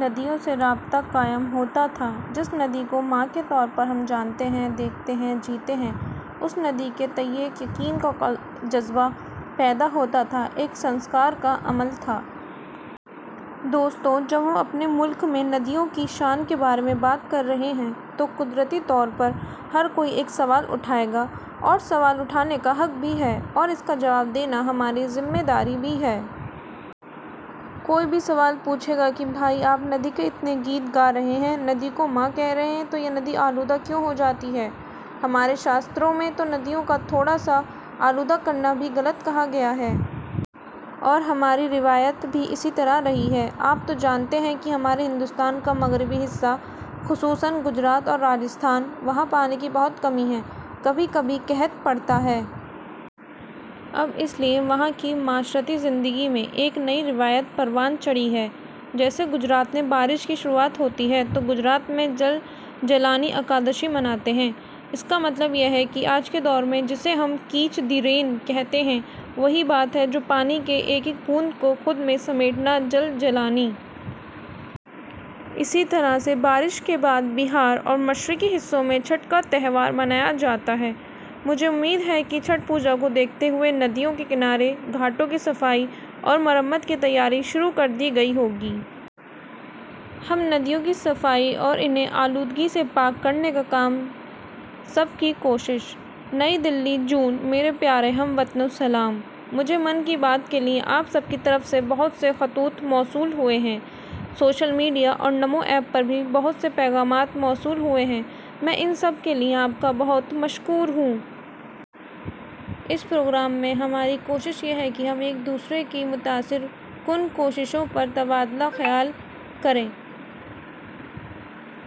ندیوں سے ربط قائم ہوتاتھا۔ جس ندی کو ماں کے طور پر ہم جانتے ہیں ، دیکھتے ہیں ، جیتے ہیں اس ندی کے تئیں ایک یقین کا جذبہ پیدا ہوتا تھا۔ ایک سنسکار کا عمل تھا۔ دوستو ، جب ہم اپنے ملک میں ندیوں کی شان کے بارے میں بات کر رہے ہیں تو قدرتی طور پر ہر کوئی ایک سوال اٹھائے گا اور سوال اٹھانے کا حق بھی ہے اور اس کا جواب دینا ہماری ذمہ داری بھی ہے۔ کوئی بھی سوال پوچھے گا کہ بھائی آپ ندی کے اتنے گیت گا رہے ہیں ، ندی کو ماں کہہ رہے ہیں ، تو یہ ندی آلودہ کیوں ہوجاتی ہے؟ ہمارے شاستروں میں تو ندیوں کو تھوڑا سا آلودہ کرنا بھی غلط کہا گیا ہے۔ اور ہماری روایات بھی اس طرح رہی ہیں ، آپ تو جانتے ہیں کہ ہمارے ہندوستان کا مغربی حصہ خصوصا گجرات اور راجستھان ، وہاں پانی کی بہت کمی ہے۔ کبھی کبھی قحط پڑتا ہے۔ اب اس لیے وہاں کی معاشرتی زندگی میں ایک نئی روایت پروان چڑھی ہے۔ جیسے گجرات میں بارش کی شروعات ہوتی ہے تو گجرات میں جل– جیلانی اکادشی مناتے ہیں۔ اس کا مطلب یہ ہے کہ آج کے دور میں ، جسے ہم 'کیچ دی رین' کہتے ہیں ،وہ وہی بات ہے جو پانی کے ایک ایک بوند کو خود میں سمیٹنا، جل – جیلانی۔ اسی طرح سے بارش کے بعد بہار اور مشرقی حصوں میں چھٹ کا تہوار منایا جاتا ہے۔ مجھے امید ہے کہ چھٹ پوجا کو دیکھتے ہوئے ندیوں کے کنارے ، گھاٹوں کی صفائی اور مرمت کی تیاری شروع کر دی گئی ہوگی۔ ہم ندیوں کی صفائی اور انہیں آلودگی سے پاک کرنے کا کام سب کی کوشش. نئی دہلی، /جون۔ میرے پیارے ہم وطنو، سلام۔ مجھے 'من کی بات' کے لیے آپ سب کی طرف سے بہت سے خطوط موصول ہوئے ہیں، سوشل میڈیا اور نمو ایپ پر بھی بہت سے پیغامات موصول ہوئے ہیں، میں اس کے لیے آپ کا بہت مشکور ہوں۔ اس پروگرام میں ہماری کوشش ہے کہ ہم ایک دوسرے کی متاثر کن کوششوں پر تبادلہ خیال کریں،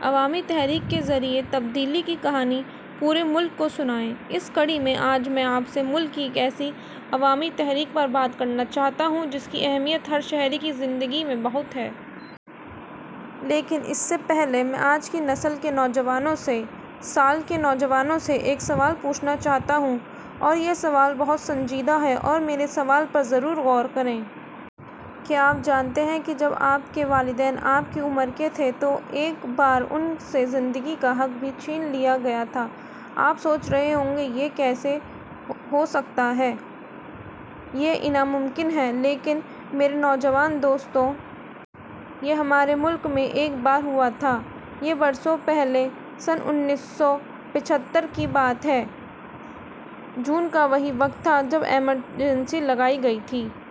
عوامی تحریک کے ذریعے تبدیلی کی کہانی پورے ملک کو سنائیں۔ اس کڑی میں آج میں آپ سے ملک کی ایک ایسی عوامی تحریک پر بات کرنا چاہتا ہوں، جس کی ملک کے ہر شہری کی زندگی میں بہت اہمیت ہے۔ لیکن، اس سے پہلے، میں آج کی نسل کے نوجوانوں سے، - سال کے نوجوانوں سے ایک سوال پوچھنا چاہتا ہوں، اور یہ سوال بہت سنجیدہ ہے، اور میرے سوال پر ضرور غور کریں۔ کیا آپ جانتے ہیں کہ جب آپ کے والدین آپ کی عمر کے تھے تو ایک بار ان سے زندگی کا حق بھی چھین لیا گیا تھا! آپ سوچ رہے ہوں گے کہ یہ کیسے ہوسکتا ہے؟ یہ ناممکن ہے، لیکن میرے نوجوان دوستو! یہ ہمارے ملک میں ایک بار ہوا تھا۔ یہ برسوں پہلے سنہ انیس سو پچھتر کی بات ہے۔ جون کا وہی وقت تھا جب ایمرجنسی لگائی گئی تھی۔